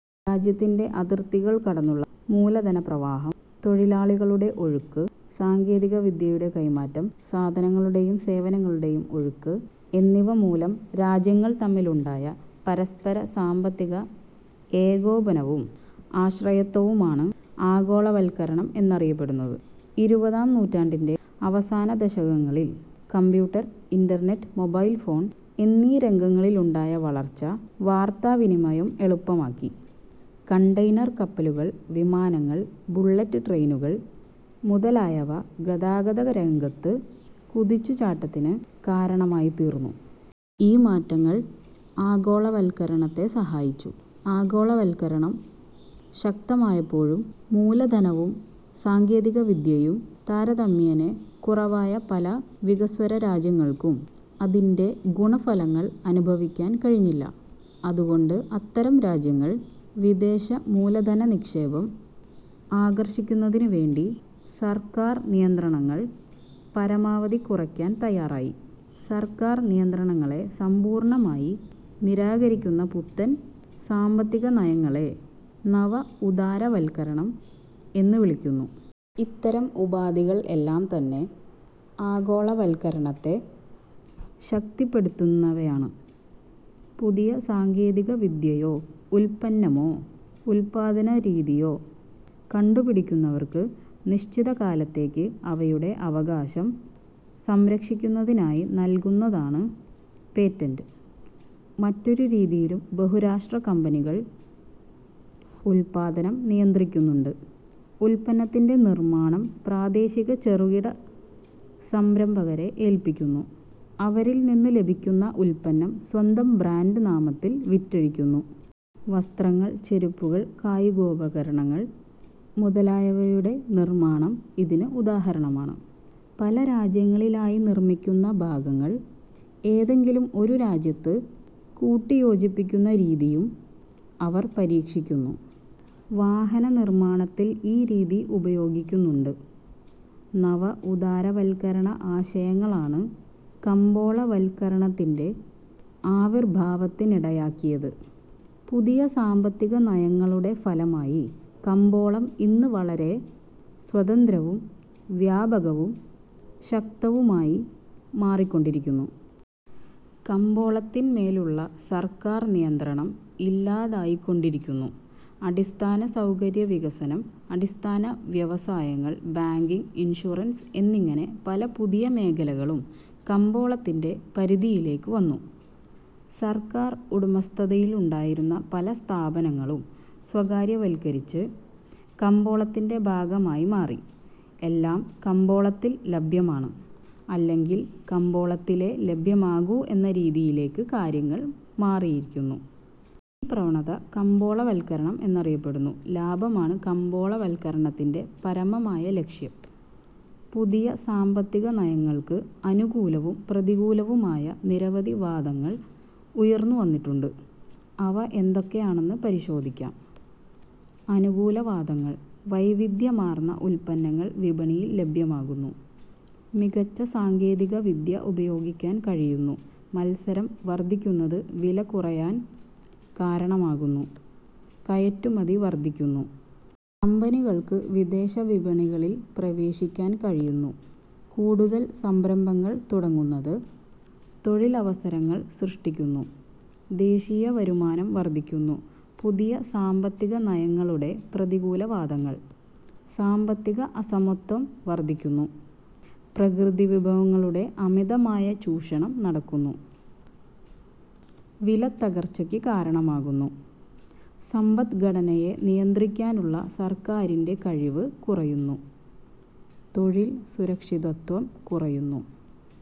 രാജ്യത്തിന്റെ അതിർത്തികൾ കടന്നുള്ള മൂലധനപ്രവാഹം, തൊഴിലാളികളുടെ ഒഴുക്ക്, സാങ്കേതികവിദ്യയുടെ കൈമാറ്റം, സാധനങ്ങളുടെയും സേവനങ്ങളുടെയും ഒഴുക്ക് എന്നിവ മൂലം രാജ്യങ്ങൾ തമ്മിലുണ്ടായ പരസ്പര സാമ്പത്തിക ഏകോപനവും ആശ്രയത്വവുമാണ് ആഗോളവൽക്കരണം എന്നറിയപ്പെടുന്നത്. ഇരുപതാം നൂറ്റാണ്ടിന്റെ അവസാനദശകങ്ങളിൽ കമ്പ്യൂട്ടർ, ഇന്റർനെറ്റ്, മൊബൈൽഫോൺ എന്നീ രംഗങ്ങളിലുണ്ടായ വളർച്ച വാർത്താവിനിമയം എളുപ്പമാക്കി. കണ്ടയനർ കപ്പലുകൾ, വിമാനങ്ങൾ, ബുള്ളറ്റ് ട്രെയിനുകൾ മുതലായവ ഗതാഗത രംഗത്ത് കുതിച്ചുചാട്ടത്തിന് കാരണമായിത്തീർന്നു. ഈ മാറ്റങ്ങൾ ആഗോളവൽക്കരണത്തെ സഹായിച്ചു. ആഗോളവൽക്കരണം ശക്തമായപ്പോഴും മൂലധനവും സാങ്കേതികവിദ്യയും താരതമ്യേന കുറവായ പല വികസ്വരരാജ്യങ്ങൾക്കും അതിന്റെ ഗുണഫലങ്ങൾ അനുഭവിക്കാൻ കഴിഞ്ഞില്ല. അതുകൊണ്ട് അത്തരം രാജ്യങ്ങൾ വിദേശമൂലധനനിക്ഷേപം ആകർഷിക്കുന്നതിനുവേണ്ടി സർക്കാർ നിയന്ത്രണങ്ങൾ പരമാവധി കുറയ്ക്കാൻ തയാറായി. സർക്കാർ നിയന്ത്രണങ്ങളെ സമ്പൂർണമായി നിരാകരിക്കുന്ന പുത്തൻ സാമ്പത്തികനയങ്ങളെ നവ ഉദാരവൽക്കരണം എന്നു വിളിക്കുന്നു. ഇത്തരം ഉപാധികൾ എല്ലാം തന്നെ ആഗോളവൽക്കരണത്ത ശക്തിപ്പെടുത്തുന്നവയാണ്. പുതിയ സാങ്കേതികവിദ്യയോ ഉൽപ്പന്നമോ ഉൽപ്പാദനരീതിയോ കണ്ടുപിടിക്കുന്നവർക്ക് നിശ്ചിതകാലത്തേക്ക് അവയുടെ അവകാശം സംരക്ഷിക്കുന്നതിനായി നൽകുന്നതാണ് പേറ്റന്റ്. മറ്റൊരു രീതിയിലും ബഹുരാഷ്ട്ര കമ്പനികൾ ഉൽപ്പാദനം നിയന്ത്രിക്കുന്നുണ്ട്. ഉൽപ്പന്നത്തിന്റെ നിർമാണം പ്രാദേശിക ചെറുകിട സംരംഭകരെ ഏൽപ്പിക്കുന്നു. അവരിൽനിന്ന് ലഭിക്കുന്ന ഉൽപ്പന്നം സ്വന്തം ബ്രാൻഡ് നാമത്തിൽ വിറ്റഴിക്കുന്നു. വസ്ത്രങ്ങൾ, ചെരുപ്പുകൾ, കായികോപകരണങ്ങൾ മുതലായവയുടെ നിർമാണം ഇതിന് ഉദാഹരണമാണ്. പല രാജ്യങ്ങളിലായി നിർമിക്കുന്ന ഭാഗങ്ങൾ ഏതെങ്കിലും ഒരു രാജ്യത്ത് കൂട്ടിയോജിപ്പിക്കുന്ന രീതിയും അവർ പരീക്ഷിക്കുന്നു. വാഹനനിർമാണത്തിൽ ഈ രീതി ഉപയോഗിക്കുന്നുണ്ട്. നവ ഉദാരവൽക്കരണ ആശയങ്ങളാണ് കമ്പോളവൽക്കരണത്തിന്റെ ആവിർഭാവത്തിനിടയാക്കിയത്. പുതിയ സാമ്പത്തികനയങ്ങളുടെ ഫലമായി കമ്പോളം ഇന്ന് വളരെ സ്വതന്ത്രവും വ്യാപകവും ശക്തവുമായി മാറിക്കൊണ്ടിരിക്കുന്നു. കമ്പോളത്തിൻമേലുള്ള സർക്കാർ നിയന്ത്രണം ഇല്ലാതായിക്കൊണ്ടിരിക്കുന്നു. അടിസ്ഥാന സൗകര്യവികസനം, അടിസ്ഥാന വ്യവസായങ്ങൾ, ബാങ്കിങ്, ഇൻഷുറൻസ് എന്നിങ്ങനെ പല പുതിയ മേഖലകളും കമ്പോളത്തിന്റെ പരിധിയിലേക്കു വന്നു. സർക്കാർ ഉടമസ്ഥതയിലുണ്ടായിരുന്ന പല സ്ഥാപനങ്ങളും സ്വകാര്യവൽക്കരിച്ച് കമ്പോളത്തിന്റെ ഭാഗമായി മാറി. എല്ലാം കമ്പോളത്തിൽ ലഭ്യമാണ്, അല്ലെങ്കിൽ കമ്പോളത്തിലേ ലഭ്യമാകൂ എന്ന രീതിയിലേക്ക് കാര്യങ്ങൾ മാറിയിരിക്കുന്നു. ഈ പ്രവണത കമ്പോളവൽക്കരണം എന്നറിയപ്പെടുന്നു. ലാഭമാണ് കമ്പോളവൽക്കരണത്തിന്റെ പരമമായ ലക്ഷ്യം പുതിയ സാമ്പത്തികനയങ്ങൾക്ക് അനുകൂലവും പ്രതികൂലവുമായ നിരവധി വാദങ്ങൾ ഉയർന്നുവന്നിട്ടുണ്ട്. അവ എന്തൊക്കെയാണെന്ന് പരിശോധിക്കാം. അനുകൂലവാദങ്ങൾ: വൈവിധ്യമാർന്ന ഉൽപ്പന്നങ്ങൾ വിപണിയിൽ ലഭ്യമാകുന്നു. മികച്ച സാങ്കേതികവിദ്യ ഉപയോഗിക്കാൻ കഴിയുന്നു. മത്സരം വർധിക്കുന്നത് വില കുറയാൻ കാരണമാകുന്നു. കയറ്റുമതി വർധിക്കുന്നു. കമ്പനികൾക്ക് വിദേശവിപണികളിൽ പ്രവേശിക്കാൻ കഴിയുന്നു. കൂടുതൽ സംരംഭങ്ങൾ തുടങ്ങുന്നത് തൊഴിലവസരങ്ങൾ സൃഷ്ടിക്കുന്നു. ദേശീയവരുമാനം വർധിക്കുന്നു. പുതിയ സാമ്പത്തികനയങ്ങളുടെ പ്രതികൂല വാദങ്ങൾ: സാമ്പത്തിക അസമത്വം വർധിക്കുന്നു. പ്രകൃതിവിഭവങ്ങളുടെ അമിതമായ ചൂഷണം നടക്കുന്നു. ഇറക്കുമതി പ്രാദേശിക ഉൽപ്പന്നങ്ങളുടെ വിലത്തകർച്ചയ്ക്ക് കാരണമാകുന്നു. സമ്പദ്ഘടനയെ നിയന്ത്രിക്കാനുള്ള സർക്കാറിന്റെ കഴിവ് കുറയുന്നു. തൊഴിൽ സുരക്ഷിതത്വം കുറയുന്നു.